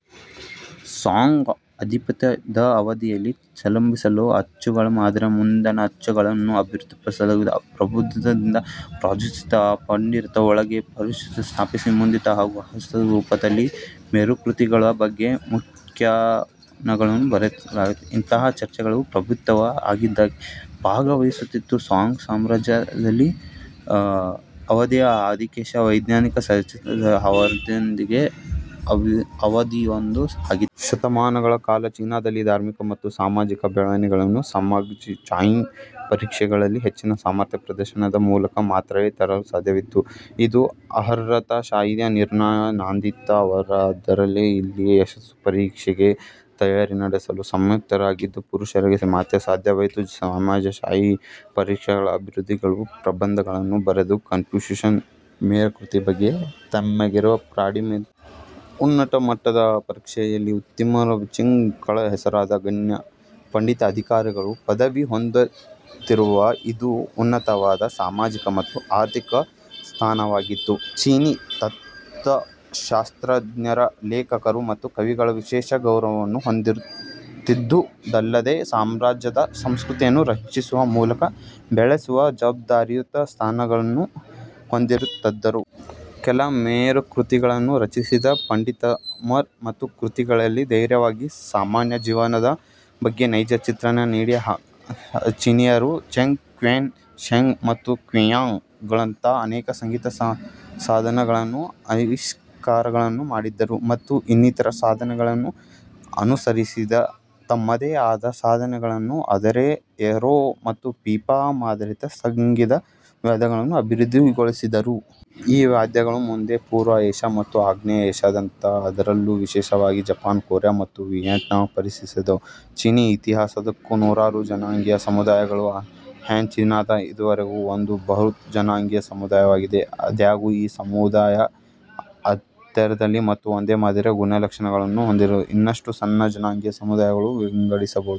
Song ಅಧಿಪತ್ಯ ದ ಅವಧಿಯಲ್ಲಿ ಚಲಿಸಬಲ್ಲ ಅಚ್ಚುಗಳ ಮಾದರಿಯ ಮುದ್ರಣ ಅಚ್ಚು ಗಳನ್ನು ಅಭಿವೃದ್ಧಿಪಡಿಸಲಾಯಿತು. ಪ್ರಭುತ್ವದಿಂದ ಪ್ರಾಯೋಜಿತವಾಗಿ ಪಂಡಿತರುಗಳನ್ನು ಒಳಗೊಂಡ ಪರಿಷತ್ತುಗಳನ್ನು ಸ್ಥಾಪಿಸಿ, ಮುದ್ರಿತ ಹಾಗೂ ಹಸ್ತಪ್ರತಿಗಳ ರೂಪದಲ್ಲಿರುವ ಮೇರುಕೃತಿಗಳ ಬಗ್ಗೆ ವ್ಯಾಖ್ಯಾನಗಳನ್ನು ಬರೆಸಲಾಗುತ್ತಿತ್ತು. ಇಂತಹಾ ಚರ್ಚೆಗಳಲ್ಲಿ ಪ್ರಭುತ್ವವೂ ಆಗಿಂದ್ದಾಗ್ಗೆ ಭಾಗವಹಿಸುತ್ತಿತ್ತು. ಸಾಂಗ್ ಸಾಮ್ರಾಜ್ಯದ ಅವಧಿಯು ಅಧಿಕಾಂಶ ವೈಜ್ಞಾನಿಕ ಸಾಹಿತ್ಯ ರಚನೆಯಾದ ಅವಧಿಯೂ ಆಗಿತ್ತು. ಶತಮಾನಗಳ ಕಾಲ ಚೀನಾದಲ್ಲಿ ಧಾರ್ಮಿಕ ಮತ್ತು ಸಾಮಾಜಿಕ ಬೆಳವಣಿಗೆಗಳನ್ನು ಸಾಮ್ರಾಜ್ಯಶಾಹಿ ಪರೀಕ್ಷೆಗಳಲ್ಲಿ ಹೆಚ್ಚಿನ ಸಾಮರ್ಥ್ಯ ಪ್ರದರ್ಶನದ ಮೂಲಕ ಮಾತ್ರವೇ ತರಲು ಸಾಧ್ಯವಿತ್ತು. ಇದು ಅರ್ಹತಾಶಾಹಿಯ ನಿರ್ಮಾಣಕ್ಕೆ ನಾಂದಿಯಾಯಿತು. ಆದರೆ ಇಲ್ಲಿ ಯಶಸ್ಸು ಪರೀಕ್ಷೆಗೆ ತಯಾರಿ ನಡೆಸಲು ಸಮರ್ಥರಾಗಿದ್ದ ಪುರುಷರಿಗೆ ಮಾತ್ರ ಸಾಧ್ಯವಿತ್ತು. ಸಾಮ್ರಾಜ್ಯಶಾಹಿ ಪರೀಕ್ಷೆಗಳಲ್ಲಿ ಅಭ್ಯರ್ಥಿಗಳು ಪ್ರಬಂಧಗಳನ್ನು ಬರೆದು ಕನ್ಫ್ಯೂಷಿಯಸ್ ಮೇರುಕೃತಿಗಳ ಬಗ್ಗೆ ತಮಗಿರುವ ಪ್ರೌಢಿಮೆಯನ್ನು ತೋರಿಸಬೇಕಿತ್ತು. ಉನ್ನತ ಮಟ್ಟದ ಪರೀಕ್ಷೆಯಲ್ಲಿ ಉತ್ತೀರ್ಣರಾದವರು ಜಿನ್ಷಿ ಗಳೆಂದು ಹೆಸರಾದ ಗಣ್ಯ ಪಂಡಿತ-ಅಧಿಕಾರಿಗಳ ಪದವಿ ಹೊಂದಿರುತ್ತಿದ್ದರು. ಇದು ಉನ್ನತವಾದ ಸಾಮಾಜಿಕ ಮತ್ತು ಆರ್ಥಿಕ ಸ್ಥಾನವಾಗಿತ್ತು. ಚೀನೀ ತತ್ವಶಾಸ್ತ್ರಜ್ಞರು, ಲೇಖಕರು ಮತ್ತು ಕವಿಗಳು ವಿಶೇಷ ಗೌರವವನ್ನು ಹೊಂದಿರುತ್ತಿದ್ದುದಲ್ಲದೇ, ಸಾಮ್ರಾಜ್ಯದ ಸಂಸ್ಕೃತಿಯನ್ನು ರಕ್ಷಿಸುವ ಮತ್ತು ಬೆಳೆಸುವ ಜವಾಬ್ದಾರಿಯುತ ಸ್ಥಾನಗಳನ್ನು ಹೊಂದಿರುತ್ತಿದ್ದರು. ಕೆಲ ಮೇರುಕೃತಿಗಳನ್ನು ರಚಿಸಿದ ಪಂಡಿತೋತ್ತಮರು, ತಮ್ಮ ಕೃತಿಗಳಲ್ಲಿ ಧೈರ್ಯವಾಗಿ ಸಾಮಾನ್ಯ ಜನಜೀವನದ ಬಗ್ಗೆ ನೈಜ ಚಿತ್ರಣ ನೀಡಿ, ಆಗ್ಗಾಗ್ಗೆ ಅಧಿಕಾರಸ್ಥರ ಅಸಮಾಧಾನಕ್ಕೆ ಗುರಿಯಾಗುತ್ತಿದ್ದರು. ಚೀನೀಯರು ಝೆಂಗ್, ಕ್ವಿನ್, ಷೆಂಗ್, ಮತ್ತು ಕ್ಸಿಯಾವೋ ಗಳಂತಹಾ ಅನೇಕ ಸಂಗೀತ ಸಾಧನ ಗಳನ್ನು ಆವಿಷ್ಕಾರಗಳನ್ನು ಮಾಡಿದ್ದರು, ಮತ್ತು ಇನ್ನಿತರ ಸಾಧನಗಳನ್ನು ಅನುಸರಿಸಿ ತಮ್ಮದೇ ಆದ ಸಾಧನಗಳನ್ನು, ಅಂದರೆ ಎರ್ಹೂ ಮತ್ತು ಪಿಪಾ ಮದರಿಯ ಸಂಗೀತ ವಾದ್ಯಗಳನ್ನು ಅಭಿವೃದ್ಧಿಗೊಳಿಸಿದರು. ಈ ವಾದ್ಯಗಳು ಮುಂದೆ ಪೂರ್ವ ಏಷ್ಯಾ ಮತ್ತು ಆಗ್ನೇಯ ಏಷ್ಯಾದಾದ್ಯಂತ, ಅದರಲ್ಲೂ ವಿಶೇಷವಾಗಿ ಜಪಾನ್, ಕೊರಿಯಾ, ಮತ್ತು ವಿಯೆಟ್ನಾಂಗಳೆಡೆಗೆ ಪಸರಿಸಿದವು. ಚೀನೀ ಇತಿಹಾಸದುದ್ದಕ್ಕೂ ನೂರಾರು ಜನಾಂಗೀಯ ಸಮುದಾಯ ಗಳು ಅಸ್ತಿತ್ವದಲ್ಲಿದ್ದವು. ಹ್ಯಾನ್ ಚೀನಾದ ಇದುವರೆಗಿನ ಒಂದು ಬೃಹತ್ ಜನಾಂಗೀಯ ಸಮುದಾಯವಾಗಿದೆ. ಆದಾಗ್ಯೂ ಈ ಸಮುದಾಯವು ಅಂತರ್ಯದಲ್ಲಿ ಮತ್ತು ಒಂದೇ ಮಾದರಿಯ ಗುಣ-ಲಕ್ಷಣಗಳನ್ನು ಹೊಂದಿರುವ ಇನ್ನಷ್ಟು ಸಣ್ಣ ಜನಾಂಗೀಯ ಸಮುದಾಯಗಳಾಗಿ ವಿಂಗಡಿಸಬಹುದು.